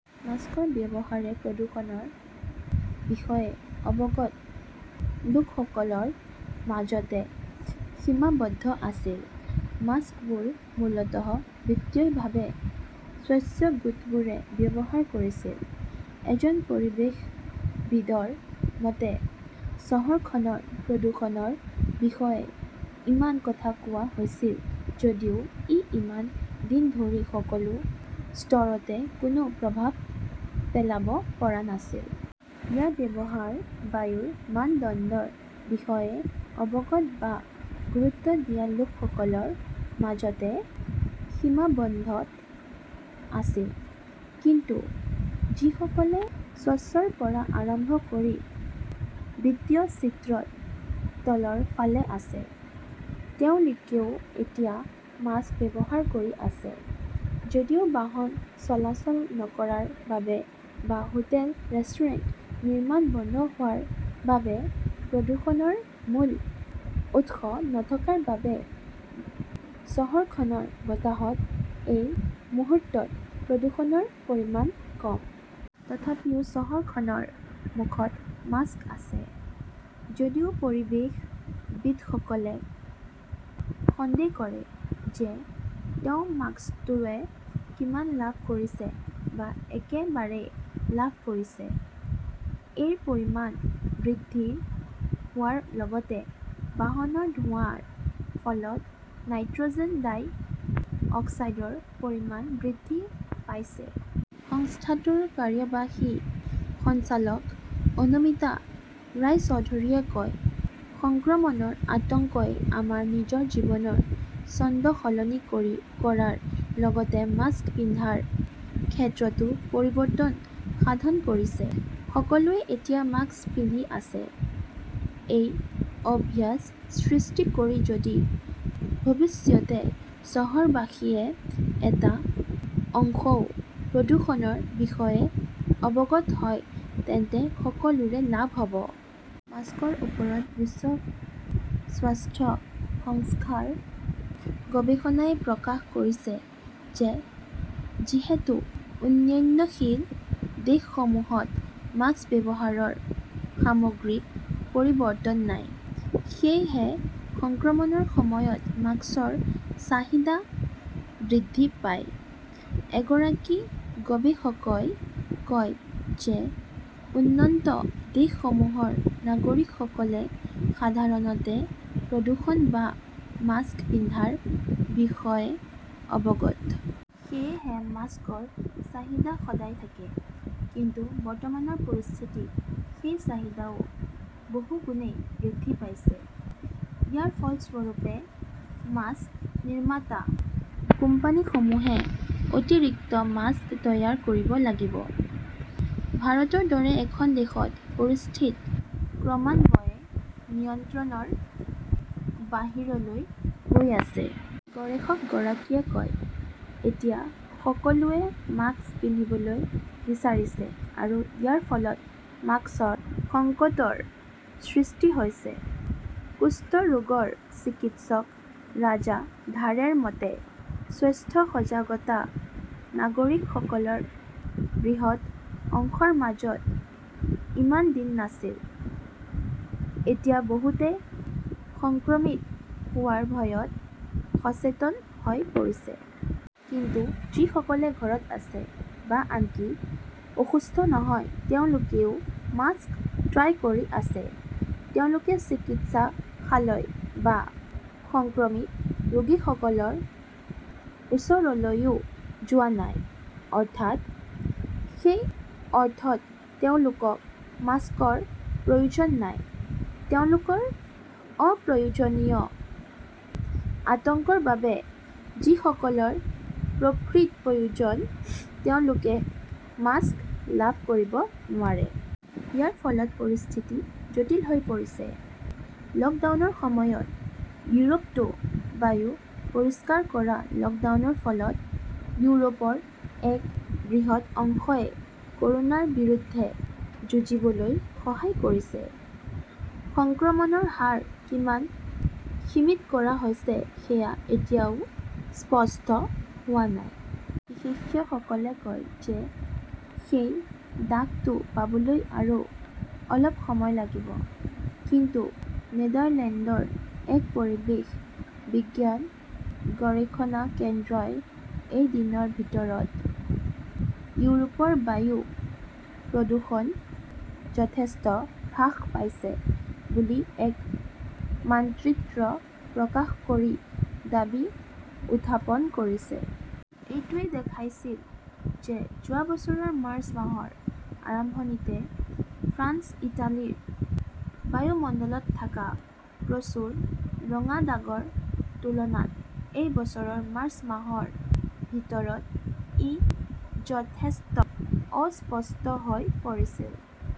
মাস্কৰ ব্যৱহাৰে প্ৰদূষণৰ বিষয়ে অৱগত লোকসকলৰ মাজতে সীমাবদ্ধ আছিল। মাস্কবোৰ মূলতঃ বিত্তীয়ভাৱে স্বচ্ছ গোটবোৰে ব্যৱহাৰ কৰিছিল। এজন পৰিৱেশবিদৰ মতে, চহৰখনৰ প্ৰদূষণৰ বিষয়ে ইমান কথা কোৱা হৈছিল যদিও ই ইমান দিন ধৰি সকলো স্তৰতে কোনো প্ৰভাৱ পেলাব পৰা নাছিল। ইয়াৰ ব্যৱহাৰ বায়ুৰ মানদণ্ডৰ বিষয়ে অৱগত বা গুৰুত্ব দিয়া লোকসকলৰ মাজতে সীমাবদ্ধ আছিল। কিন্তু যিসকলে স্বচ্ছৰ পৰা আৰম্ভ কৰি বিত্তীয় চিত্ৰত তলৰ ফালে আছে, তেওঁলোকেও এতিয়া মাস্ক ব্যৱহাৰ কৰি আছে। যদিও বাহন চলাচল নকৰাৰ বাবে বা হোটেল-ৰেষ্টুৰেণ্ট, নিৰ্মাণ বন্ধ হোৱাৰ বাবে প্ৰদূষণৰ মূল উৎস নথকাৰ বাবে চহৰখনৰ বতাহত এই মুহূৰ্তত প্ৰদূষণৰ পৰিমাণ কম। তথাপিও চহৰখনৰ মুখত মাস্ক আছে। যদিও পৰিৱেশবিদসকলে সন্দেহ কৰে যে তেওঁ মাস্কটোৱে কিমান লাভ কৰিছে বা একেবাৰে লাভ কৰিছে। -এৰ পৰিমাণ বৃদ্ধি হোৱাৰ লগতে বাহনৰ ধোঁৱাৰ ফলত নাইট্ৰজেন ডাই অক্সাইডৰ পৰিমাণ বৃদ্ধি পাইছে। সংস্থাটোৰ কাৰ্যবাহী সঞ্চালক অনুমিতা ৰায়চৌধৰীয়ে কয়, সংক্ৰমণৰ আতংকই আমাৰ নিজৰ জীৱনৰ ছন্দ সলনি কৰাৰ লগতে মাস্ক পিন্ধাৰ ক্ষেত্ৰতো পৰিৱৰ্তন সাধন কৰিছে। সকলোৱে এতিয়া মাস্ক পিন্ধি আছে। এই অভ্যাস সৃষ্টি কৰি যদি ভৱিষ্যতে চহৰবাসীৰ এটা অংশও প্ৰদূষণৰ বিষয়ে অৱগত হয়, তেন্তে সকলোৰে লাভ হ 'ব। মাস্কৰ ওপৰত বিশ্ব স্বাস্থ্য সংস্থাৰ গৱেষণাই প্ৰকাশ কৰিছে যে যিহেতু উন্নয়নশীল দেশসমূহত মাস্ক ব্যৱহাৰৰ সামগ্ৰিক পৰিৱৰ্তন নাই, সেয়েহে সংক্ৰমণৰ সময়ত মাস্কৰ চাহিদা বৃদ্ধি পায়। এগৰাকী গৱেষকই কয় যে উন্নত দেশসমূহৰ নাগৰিকসকলে সাধাৰণতে প্ৰদূষণ বা মাস্ক পিন্ধাৰ বিষয়ে অৱগত। সেয়েহে মাস্কৰ চাহিদা সদায় থাকে। কিন্তু বৰ্তমানৰ পৰিস্থিতিত সেই চাহিদাও বহুগুণে বৃদ্ধি পাইছে। ইয়াৰ ফলস্বৰূপে মাস্ক নিৰ্মাতা কোম্পানীসমূহে অতিৰিক্ত মাস্ক তৈয়াৰ কৰিব লাগিব। ভাৰতৰ দৰে এখন দেশত পৰিস্থিতি ক্ৰমান্বয়ে নিয়ন্ত্ৰণৰ বাহিৰলৈ গৈ আছে। গৱেষকগৰাকীয়ে কয়, এতিয়া সকলোৱে মাস্ক পিন্ধিবলৈ বিচাৰিছে আৰু ইয়াৰ ফলত মাস্কৰ সংকটৰ সৃষ্টি হৈছে। কুষ্ঠ ৰোগৰ চিকিৎসক ৰাজা ধাৰেৰ মতে, স্বাস্থ্য সজাগতা নাগৰিকসকলৰ বৃহৎ অংশৰ মাজত ইমান দিন নাছিল। এতিয়া বহুতে সংক্ৰমিত হোৱাৰ ভয়ত সচেতন হৈ পৰিছে। কিন্তু যিসকলে ঘৰত আছে বা আনকি অসুস্থ নহয় তেওঁলোকেও মাস্ক ক্ৰয় কৰি আছে। তেওঁলোকে চিকিৎসালয় বা সংক্ৰমিত ৰোগীসকলৰ ওচৰলৈও যোৱা নাই। অৰ্থাৎ সেই অৰ্থত তেওঁলোকক মাস্কৰ প্ৰয়োজন নাই। তেওঁলোকৰ অপ্ৰয়োজনীয় আতংকৰ বাবে যিসকলৰ প্ৰকৃত প্ৰয়োজন তেওঁলোকে মাস্ক লাভ কৰিব নোৱাৰে। ইয়াৰ ফলত পৰিস্থিতি জটিল হৈ পৰিছে। লকডাউনৰ সময়ত ইউৰোপতো বায়ু পৰিষ্কাৰ কৰা লকডাউনৰ ফলত ইউৰোপৰ এক বৃহৎ অংশই কৰোনাৰ বিৰুদ্ধে যুঁজিবলৈ সহায় কৰিছে। সংক্ৰমণৰ হাৰ কিমান সীমিত কৰা হৈছে সেয়া এতিয়াও স্পষ্ট হোৱা নাই। বিশেষজ্ঞসকলে কয় যে সেই দাগটো পাবলৈ আৰু অলপ সময় লাগিব। কিন্তু নেদাৰলেণ্ডৰ এক পৰিৱেশ বিজ্ঞান গৱেষণা কেন্দ্ৰই এই দিনৰ ভিতৰত ইউৰোপৰ বায়ু প্ৰদূষণ যথেষ্ট হ্ৰাস পাইছে বুলি এক মানচিত্ৰ প্ৰকাশ কৰি দাবী উত্থাপন কৰিছে। এইটোৱে দেখুৱাইছিল যে যোৱা বছৰৰ মাৰ্চ মাহৰ আৰম্ভণিতে ফ্ৰান্স-ইটালীৰ বায়ুমণ্ডলত থকা প্ৰচুৰ ৰঙা দাগৰ তুলনাত এই বছৰৰ মাৰ্চ মাহৰ ভিতৰত ই যথেষ্ট অস্পষ্ট হৈ পৰিছিল।